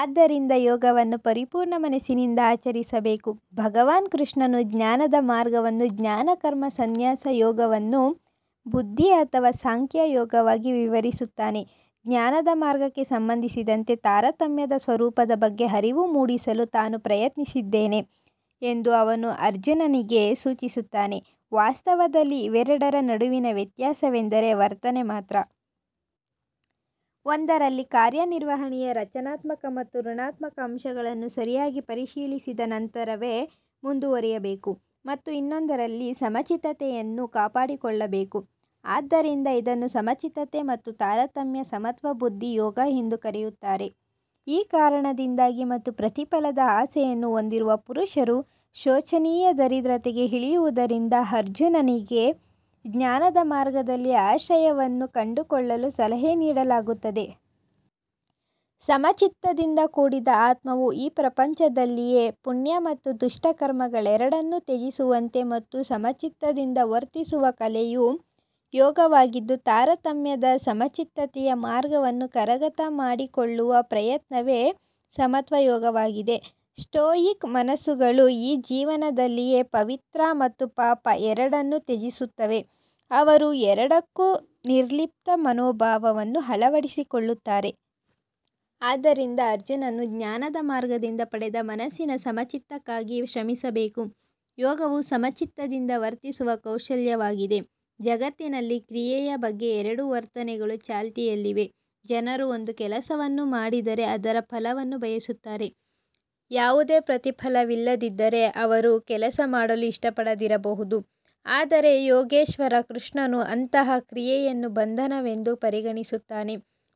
ಆದ್ದರಿಂದ ಯೋಗವನ್ನು ಪರಿಪೂರ್ಣ ಮನಸ್ಸಿನಿಂದ ಆಚರಿಸಬೇಕು. ಭಗವಾನ್ ಕೃಷ್ಣನು ಜ್ಞಾನದ ಮಾರ್ಗವನ್ನು ಜ್ಞಾನ ಕರ್ಮ ಸನ್ಯಾಸ ಯೋಗವನ್ನು ಬುದ್ಧಿ ಅಥವಾ ಸಾಂಖ್ಯ ಯೋಗವಾಗಿ ವಿವರಿಸುತ್ತಾನೆ. ಜ್ಞಾನದ ಮಾರ್ಗಕ್ಕೆ ಸಂಬಂಧಿಸಿದಂತೆ ತಾರತಮ್ಯದ ಸ್ವರೂಪದ ಬಗ್ಗೆ ಅರಿವು ಮೂಡಿಸಲು ತಾನು ಪ್ರಯತ್ನಿಸಿದ್ದೇನೆ ಎಂದು ಅವನು ಅರ್ಜುನನಿಗೆ ಸೂಚಿಸುತ್ತಾನೆ. ವಾಸ್ತವದಲ್ಲಿ ಇವೆರಡರ ನಡುವಿನ ವ್ಯತ್ಯಾಸವೆಂದರೆ ವರ್ತನೆ ಮಾತ್ರ. ಒಂದರಲ್ಲಿ ಕಾರ್ಯನಿರ್ವಹಣೆಯ ರಚನಾತ್ಮಕ ಮತ್ತು ಋಣಾತ್ಮಕ ಅಂಶಗಳನ್ನು ಸರಿಯಾಗಿ ಪರಿಶೀಲಿಸಿದ ನಂತರವೇ ಮುಂದುವರಿಯಬೇಕು ಮತ್ತು ಇನ್ನೊಂದರಲ್ಲಿ ಸಮಚಿತ್ತತೆಯನ್ನು ಕಾಪಾಡಿಕೊಳ್ಳಬೇಕು. ಆದ್ದರಿಂದ ಇದನ್ನು ಸಮಚಿತ್ತತೆ ಮತ್ತು ತಾರತಮ್ಯ ಸಮತ್ವ ಬುದ್ಧಿ ಯೋಗ ಎಂದೂ ಕರೆಯುತ್ತಾರೆ. ಈ ಕಾರಣದಿಂದಾಗಿ ಮತ್ತು ಪ್ರತಿಫಲದ ಆಸೆಯನ್ನು ಹೊಂದಿರುವ ಪುರುಷರು ಶೋಚನೀಯ ದರಿದ್ರತೆಗೆ ಇಳಿಯುವುದರಿಂದ ಅರ್ಜುನನಿಗೆ ಜ್ಞಾನದ ಮಾರ್ಗದಲ್ಲಿ ಆಶ್ರಯವನ್ನು ಕಂಡುಕೊಳ್ಳಲು ಸಲಹೆ ನೀಡಲಾಗುತ್ತದೆ. ಸಮಚಿತ್ತದಿಂದ ಕೂಡಿದ ಆತ್ಮವು ಈ ಪ್ರಪಂಚದಲ್ಲಿಯೇ ಪುಣ್ಯ ಮತ್ತು ದುಷ್ಟ ಕರ್ಮಗಳೆರಡನ್ನೂ ತ್ಯಜಿಸುವಂತೆ ಮತ್ತು ಸಮಚಿತ್ತದಿಂದ ವರ್ತಿಸುವ ಕಲೆಯು ಯೋಗವಾಗಿದ್ದು ತಾರತಮ್ಯದ ಸಮಚಿತ್ತತೆಯ ಮಾರ್ಗವನ್ನು ಕರಗತ ಮಾಡಿಕೊಳ್ಳುವ ಪ್ರಯತ್ನವೇ ಸಮತ್ವ ಯೋಗವಾಗಿದೆ. ಸ್ಟೋಯಿಕ್ ಮನಸ್ಸುಗಳು ಈ ಜೀವನದಲ್ಲಿಯೇ ಪವಿತ್ರ ಮತ್ತು ಪಾಪ ಎರಡನ್ನೂ ತ್ಯಜಿಸುತ್ತವೆ. ಅವರು ಎರಡಕ್ಕೂ ನಿರ್ಲಿಪ್ತ ಮನೋಭಾವವನ್ನು ಅಳವಡಿಸಿಕೊಳ್ಳುತ್ತಾರೆ. ಆದ್ದರಿಂದ ಅರ್ಜುನನು ಜ್ಞಾನದ ಮಾರ್ಗದಿಂದ ಪಡೆದ ಮನಸ್ಸಿನ ಸಮಚಿತ್ತಕ್ಕಾಗಿ ಶ್ರಮಿಸಬೇಕು. ಯೋಗವು ಸಮಚಿತ್ತದಿಂದ ವರ್ತಿಸುವ ಕೌಶಲ್ಯವಾಗಿದೆ. ಜಗತ್ತಿನಲ್ಲಿ ಕ್ರಿಯೆಯ ಬಗ್ಗೆ ಎರಡು ವರ್ತನೆಗಳು ಚಾಲ್ತಿಯಲ್ಲಿವೆ. ಜನರು ಒಂದು ಕೆಲಸವನ್ನು ಮಾಡಿದರೆ ಅದರ ಫಲವನ್ನೂ ಬಯಸುತ್ತಾರೆ. ಯಾವುದೇ ಪ್ರತಿಫಲವಿಲ್ಲದಿದ್ದರೆ ಅವರು ಕೆಲಸ ಮಾಡಲು ಇಷ್ಟಪಡದಿರಬಹುದು. ಆದರೆ ಯೋಗೇಶ್ವರ ಕೃಷ್ಣನು ಅಂತಹ ಕ್ರಿಯೆಯನ್ನು ಬಂಧನವೆಂದು ಪರಿಗಣಿಸುತ್ತಾನೆ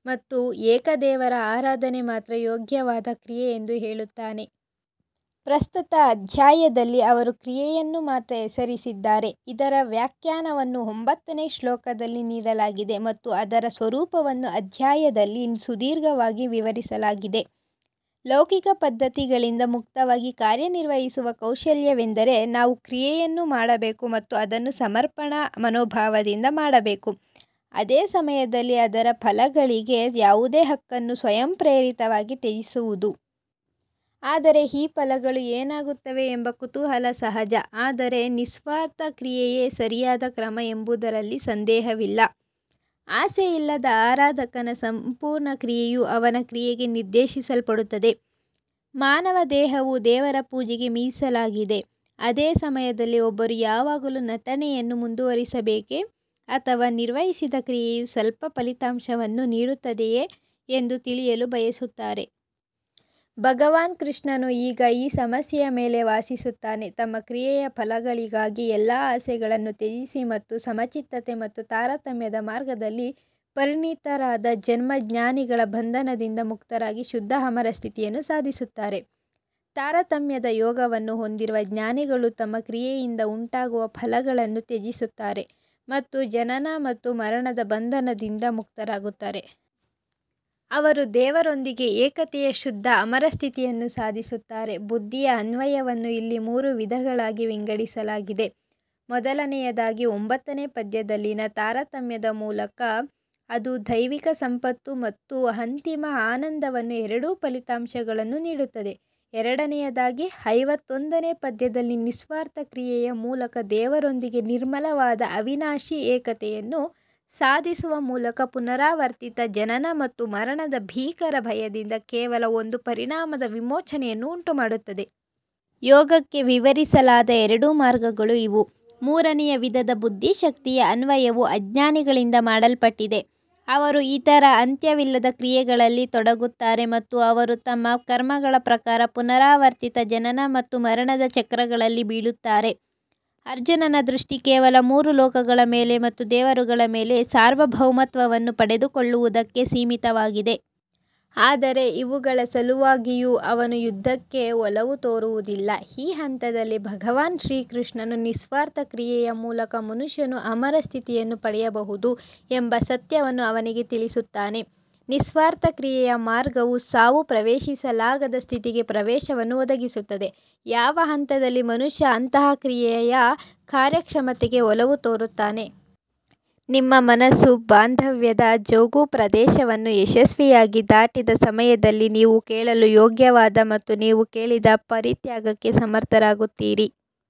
ಮತ್ತು ಏಕ ದೇವರ ಆರಾಧನೆ ಮಾತ್ರ ಯೋಗ್ಯವಾದ ಕ್ರಿಯೆ ಎಂದು ಹೇಳುತ್ತಾನೆ. ಪ್ರಸ್ತುತ ಅಧ್ಯಾಯದಲ್ಲಿ ಅವರು ಕ್ರಿಯೆಯನ್ನು ಮಾತ್ರ ಹೆಸರಿಸಿದ್ದಾರೆ. ಇದರ ವ್ಯಾಖ್ಯಾನವನ್ನು ಒಂಬತ್ತನೇ ಶ್ಲೋಕದಲ್ಲಿ ನೀಡಲಾಗಿದೆ ಮತ್ತು ಅದರ ಸ್ವರೂಪವನ್ನು ಅಧ್ಯಾಯದಲ್ಲಿ ಸುದೀರ್ಘವಾಗಿ ವಿವರಿಸಲಾಗಿದೆ. ಲೌಕಿಕ ಪದ್ಧತಿಗಳಿಂದ ಮುಕ್ತವಾಗಿ ಕಾರ್ಯನಿರ್ವಹಿಸುವ ಕೌಶಲ್ಯವೆಂದರೆ ನಾವು ಕ್ರಿಯೆಯನ್ನು ಮಾಡಬೇಕು ಮತ್ತು ಅದನ್ನು ಸಮರ್ಪಣಾ ಮನೋಭಾವದಿಂದ ಮಾಡಬೇಕು. ಅದೇ ಸಮಯದಲ್ಲಿ ಅದರ ಫಲಗಳಿಗೆ ಯಾವುದೇ ಹಕ್ಕನ್ನು ಸ್ವಯಂಪ್ರೇರಿತವಾಗಿ ತ್ಯಜಿಸುವುದು. ಆದರೆ ಈ ಫಲಗಳು ಏನಾಗುತ್ತವೆ ಎಂಬ ಕುತೂಹಲ ಸಹಜ. ಆದರೆ ನಿಸ್ವಾರ್ಥ ಕ್ರಿಯೆಯೇ ಸರಿಯಾದ ಕ್ರಮ ಎಂಬುದರಲ್ಲಿ ಸಂದೇಹವಿಲ್ಲ. ಆಸೆಯಿಲ್ಲದ ಆರಾಧಕನ ಸಂಪೂರ್ಣ ಶಕ್ತಿಯು ಅವನ ಕ್ರಿಯೆಗೆ ನಿರ್ದೇಶಿಸಲ್ಪಡುತ್ತದೆ. ಮಾನವ ದೇಹವು ದೇವರ ಪೂಜೆಗೆ ಮೀಸಲಾಗಿದೆ. ಅದೇ ಸಮಯದಲ್ಲಿ ಒಬ್ಬರು ಯಾವಾಗಲೂ ನಟನೆಯನ್ನು ಮುಂದುವರಿಸಬೇಕೇ ಅಥವಾ ನಿರ್ವಹಿಸಿದ ಕ್ರಿಯೆಯು ಸ್ವಲ್ಪ ಫಲಿತಾಂಶವನ್ನು ನೀಡುತ್ತದೆಯೇ ಎಂದು ತಿಳಿಯಲು ಬಯಸುತ್ತಾರೆ. ಭಗವಾನ್ ಕೃಷ್ಣನು ಈಗ ಈ ಸಮಸ್ಯೆಯ ಮೇಲೆ ವಾಸಿಸುತ್ತಾನೆ. ತಮ್ಮ ಕ್ರಿಯೆಯ ಫಲಗಳಿಗಾಗಿ ಎಲ್ಲಾ ಆಸೆಗಳನ್ನು ತ್ಯಜಿಸಿ ಮತ್ತು ಸಮಚಿತ್ತತೆ ಮತ್ತು ತಾರತಮ್ಯದ ಮಾರ್ಗದಲ್ಲಿ ಪರಿಣತರಾದ ಜನ್ಮ ಜ್ಞಾನಿಗಳ ಬಂಧನದಿಂದ ಮುಕ್ತರಾಗಿ ಶುದ್ಧ ಅಮರ ಸ್ಥಿತಿಯನ್ನು ಸಾಧಿಸುತ್ತಾರೆ. ತಾರತಮ್ಯದ ಯೋಗವನ್ನು ಹೊಂದಿರುವ ಜ್ಞಾನಿಗಳು ತಮ್ಮ ಕ್ರಿಯೆಯಿಂದ ಉಂಟಾಗುವ ಫಲಗಳನ್ನು ತ್ಯಜಿಸುತ್ತಾರೆ ಮತ್ತು ಜನನ ಮತ್ತು ಮರಣದ ಬಂಧನದಿಂದ ಮುಕ್ತರಾಗುತ್ತಾರೆ. ಅವರು ದೇವರೊಂದಿಗೆ ಏಕತೆಯ ಶುದ್ಧ ಅಮರ ಸ್ಥಿತಿಯನ್ನು ಸಾಧಿಸುತ್ತಾರೆ. ಬುದ್ಧಿಯ ಅನ್ವಯವನ್ನು ಇಲ್ಲಿ ಮೂರು ವಿಧಗಳಾಗಿ ವಿಂಗಡಿಸಲಾಗಿದೆ. ಮೊದಲನೆಯದಾಗಿ ಒಂಬತ್ತನೇ ಪದ್ಯದಲ್ಲಿನ ತಾರತಮ್ಯದ ಮೂಲಕ ಇದು ದೈವಿಕ ಸಂಪತ್ತು ಮತ್ತು ಅಂತಿಮ ಆನಂದವನ್ನು ಎರಡು ಫಲಿತಾಂಶಗಳನ್ನು ನೀಡುತ್ತದೆ. ಎರಡನೆಯದಾಗಿ ಐವತ್ತೊಂದನೇ ಪದ್ಯದಲ್ಲಿ ನಿಸ್ವಾರ್ಥ ಕ್ರಿಯೆಯ ಮೂಲಕ ದೇವರೊಂದಿಗೆ ನಿರ್ಮಲವಾದ ಅವಿನಾಶಿ ಏಕತೆಯನ್ನು ಸಾಧಿಸುವ ಮೂಲಕ ಪುನರಾವರ್ತಿತ ಜನನ ಮತ್ತು ಮರಣದ ಭೀಕರ ಭಯದಿಂದ ಕೇವಲ ಒಂದು ಪರಿಣಾಮದ ವಿಮೋಚನೆಯನ್ನು ಉಂಟುಮಾಡುತ್ತದೆ. ಯೋಗಕ್ಕೆ ವಿವರಿಸಲಾದ ಎರಡು ಮಾರ್ಗಗಳು ಇವು. ಮೂರನೆಯ ವಿಧದ ಬುದ್ಧಿಶಕ್ತಿಯ ಅನ್ವಯವು ಅಜ್ಞಾನಿಗಳಿಂದ ಮಾಡಲ್ಪಟ್ಟಿದೆ. ಅವರು ಇತರ ಅಂತ್ಯವಿಲ್ಲದ ಕ್ರಿಯೆಗಳಲ್ಲಿ ತೊಡಗುತ್ತಾರೆ ಮತ್ತು ಅವರು ತಮ್ಮ ಕರ್ಮಗಳ ಪ್ರಕಾರ ಪುನರಾವರ್ತಿತ ಜನನ ಮತ್ತು ಮರಣದ ಚಕ್ರಗಳಲ್ಲಿ ಬೀಳುತ್ತಾರೆ. ಅರ್ಜುನನ ದೃಷ್ಟಿ ಕೇವಲ ಮೂರು ಲೋಕಗಳ ಮೇಲೆ ಮತ್ತು ದೇವರುಗಳ ಮೇಲೆ ಸಾರ್ವಭೌಮತ್ವವನ್ನು ಪಡೆದುಕೊಳ್ಳುವುದಕ್ಕೆ ಸೀಮಿತವಾಗಿದೆ. ಆದರೆ ಇವುಗಳ ಸಲುವಾಗಿಯೂ ಅವನು ಯುದ್ಧಕ್ಕೆ ಒಲವು ತೋರುವುದಿಲ್ಲ. ಈ ಹಂತದಲ್ಲಿ ಭಗವಾನ್ ಶ್ರೀಕೃಷ್ಣನು ನಿಸ್ವಾರ್ಥ ಕ್ರಿಯೆಯ ಮೂಲಕ ಮನುಷ್ಯನು ಅಮರ ಸ್ಥಿತಿಯನ್ನು ಪಡೆಯಬಹುದು ಎಂಬ ಸತ್ಯವನ್ನು ಅವನಿಗೆ ತಿಳಿಸುತ್ತಾನೆ. ನಿಸ್ವಾರ್ಥ ಕ್ರಿಯೆಯ ಮಾರ್ಗವು ಸಾವು ಪ್ರವೇಶಿಸಲಾಗದ ಸ್ಥಿತಿಗೆ ಪ್ರವೇಶವನ್ನು ಒದಗಿಸುತ್ತದೆ. ಯಾವ ಹಂತದಲ್ಲಿ ಮನುಷ್ಯ ಅಂತಹ ಕ್ರಿಯೆಯ ಕಾರ್ಯಕ್ಷಮತೆಗೆ ಒಲವು ತೋರುತ್ತಾನೆ. ನಿಮ್ಮ ಮನಸ್ಸು ಬಾಂಧವ್ಯದ ಜೌಗುಪ್ರದೇಶವನ್ನು ಯಶಸ್ವಿಯಾಗಿ ದಾಟಿದ ಸಮಯದಲ್ಲಿ ನೀವು ಕೇಳಲು ಯೋಗ್ಯವಾದ ಮತ್ತು ನೀವು ಕೇಳಿದ ಪರಿತ್ಯಾಗಕ್ಕೆ ಸಮರ್ಥರಾಗುತ್ತೀರಿ.